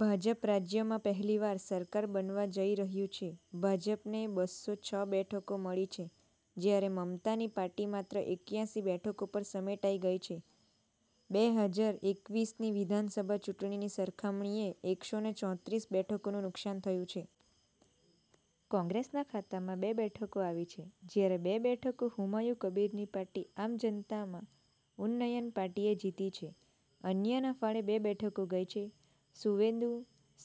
ભાજપ રાજ્યમાં પહેલીવાર સરકાર બનવા જઈ રહ્યું છે. ભાજપને બસો છ બેઠકો મળી છે, જ્યારે મમતાની પાર્ટી માત્ર એક્યાસી બેઠકો પર સમેટાઈ ગઈ છે. બે હજાર એકવીસની વિધાનસભા ચૂંટણીની સરખામણીએ એકસો ચોત્રીસ બેઠકોનું નુકસાન થયું છે. કોંગ્રેસના ખાતામાં બે બેઠકો આવી છે, જ્યારે બે બેઠકો હુમાયુ કબીરની પાર્ટી 'આમ જનતા ઉન્નયન પાર્ટી'એ જીતી છે. અન્યના ફાળે બે બેઠકો ગઈ છે. સુવેન્દુ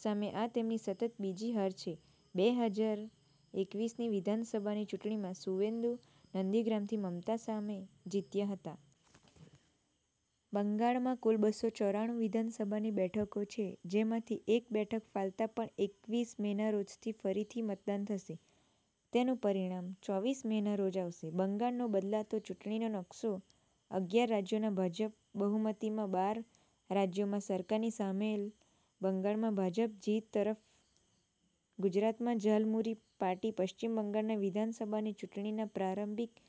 સામે આ તેમની સતત બીજી હાર છે. બે હજાર એકવીસ ની વિધાનસભા ની ચૂંટણીમાં સુવેન્દુ નંદીગ્રામથી મમતા સામે જીત્યા હતા. બંગાળમાં કુલ બસો ચોરાણું વિધાનસભાની બેઠકો છે, જેમાંથી એક બેઠક ફાલતા પર એકવીસ મેના રોજ ફરીથી મતદાન થશે. તેનું પરિણામ ચોવીસ મેના રોજ આવશે. બંગાળનો બદલાતો ચૂંટણીનો નકશો અગિયાર રાજ્યોના ભાજપ બહુમતીમાં, બાર રાજ્યોમાં સરકારમની સામેલ બંગાળમાં ભાજપ જીત તરફ, ગુજરાતમાં ઝાલમુરી પાર્ટી પશ્ચિમ બંગાળના વિધાનસભાની ચૂંટણીના પ્રારંભિક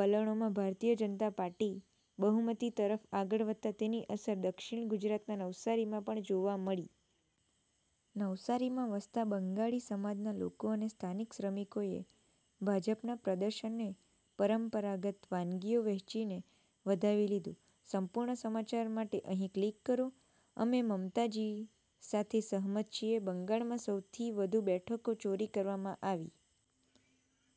વલણોમાં ભારતીય જનતા પાર્ટી બહુમતી તરફ આગળ વધતા તેની અસર દક્ષિણ ગુજરાતના નવસારીમાં પણ જોવા મળી. નવસારીમાં વસતા બંગાળી સમાજના લોકો અને સ્થાનિક શ્રમિકોએ ભાજપના પ્રદર્શનને પરંપરાગત વાનગીઓ વહેંચીને વધાવી લીધું. સંપૂર્ણ સમાચાર માટે અહીં ક્લિક કરો.. અમે મમતાજી સાથે સહમત છીએ. બંગાળમાં સો થી વધુ બેઠકો ચોરી કરવામાં આવી.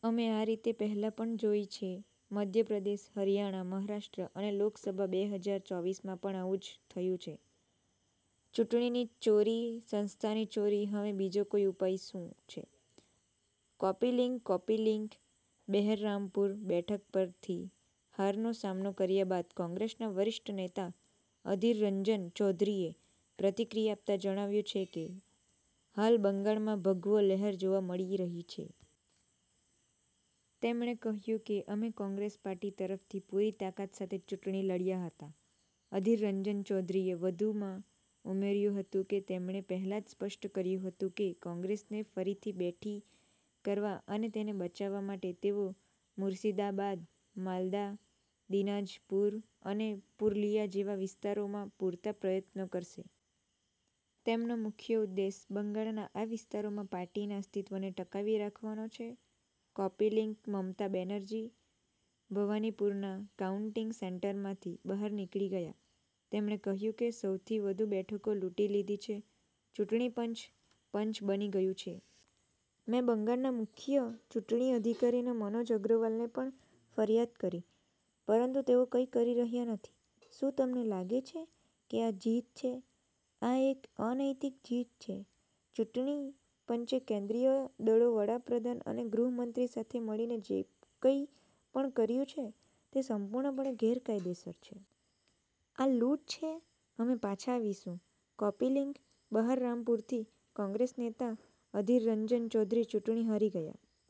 અમે આ રીતે પહેલા પણ જોઈ છે- મધ્ય પ્રદેશ, હરિયાણા, મહારાષ્ટ્ર અને લોકસભા બે હજાર ચોવીસ માં પણ આવું જ થયું છે. ચૂંટણીની ચોરી, સંસ્થાની ચોરી હવે બીજો કોઈ ઉપાય શું છે. Copy link copy link Baharampur બેઠક પરથી હારનો સામનો કર્યા બાદ કોંગ્રેસના વરિષ્ઠ નેતા અધીર રંજન ચૌધરીએ પ્રતિક્રિયા આપતા જણાવ્યું છે કે, હાલ બંગાળમાં ભગવો લહેર જોવા મળી રહી છે. તેમણે કહ્યું કે, અમે કોંગ્રેસ પાર્ટી તરફથી પૂરી તાકાત સાથે ચૂંટણી લડ્યા હતા. અધીર રંજન ચૌધરીએ વધુમાં ઉમેર્યું હતું કે, તેમણે પહેલા જ સ્પષ્ટ કર્યું હતું કે કોંગ્રેસને ફરીથી બેઠી કરવા અને તેને બચાવવા માટે તેઓ મુર્શિદાબાદ, માલદા, દિનાજપુર અને પુરુલિયા જેવા વિસ્તારોમાં પૂરતા પ્રયત્નો કરશે. તેમનો મુખ્ય ઉદ્દેશ્ય બંગાળના આ વિસ્તારોમાં પાર્ટીના અસ્તિત્વને ટકાવી રાખવાનો છે. કૉપી લિંક મમતા બેનર્જી ભવાનીપુરના કાઉન્ટિંગ સેન્ટરમાંથી બહાર નીકળી ગયા. તેમણે કહ્યું કે, સો થી વધુ બેઠકો લૂંટી લીધી છે. ચૂંટણી પંચ, પંચ બની ગયું છે. મેં બંગાળના મુખ્ય ચૂંટણી અધિકારી મનોજ અગ્રવાલને પણ ફરિયાદ કરી. પરંતુ તેઓ કંઈ કરી રહ્યા નથી. શું તમને લાગે છે કે આ જીત છે? આ એક અનૈતિક જીત છે. ચૂંટણી પંચે કેન્દ્રીય દળો, વડાપ્રધાન અને ગૃહમંત્રી સાથે મળીને જે કંઈ પણ કર્યું છે તે સંપૂર્ણપણે ગેરકાયદેસર છે. આ લૂંટ છે, અમે પાછા આવીશું. કૉપી લિંક બહરામપુરથી કોંગ્રેસ નેતા અધીર રંજન ચૌધરી ચૂંટણી હારી ગયા.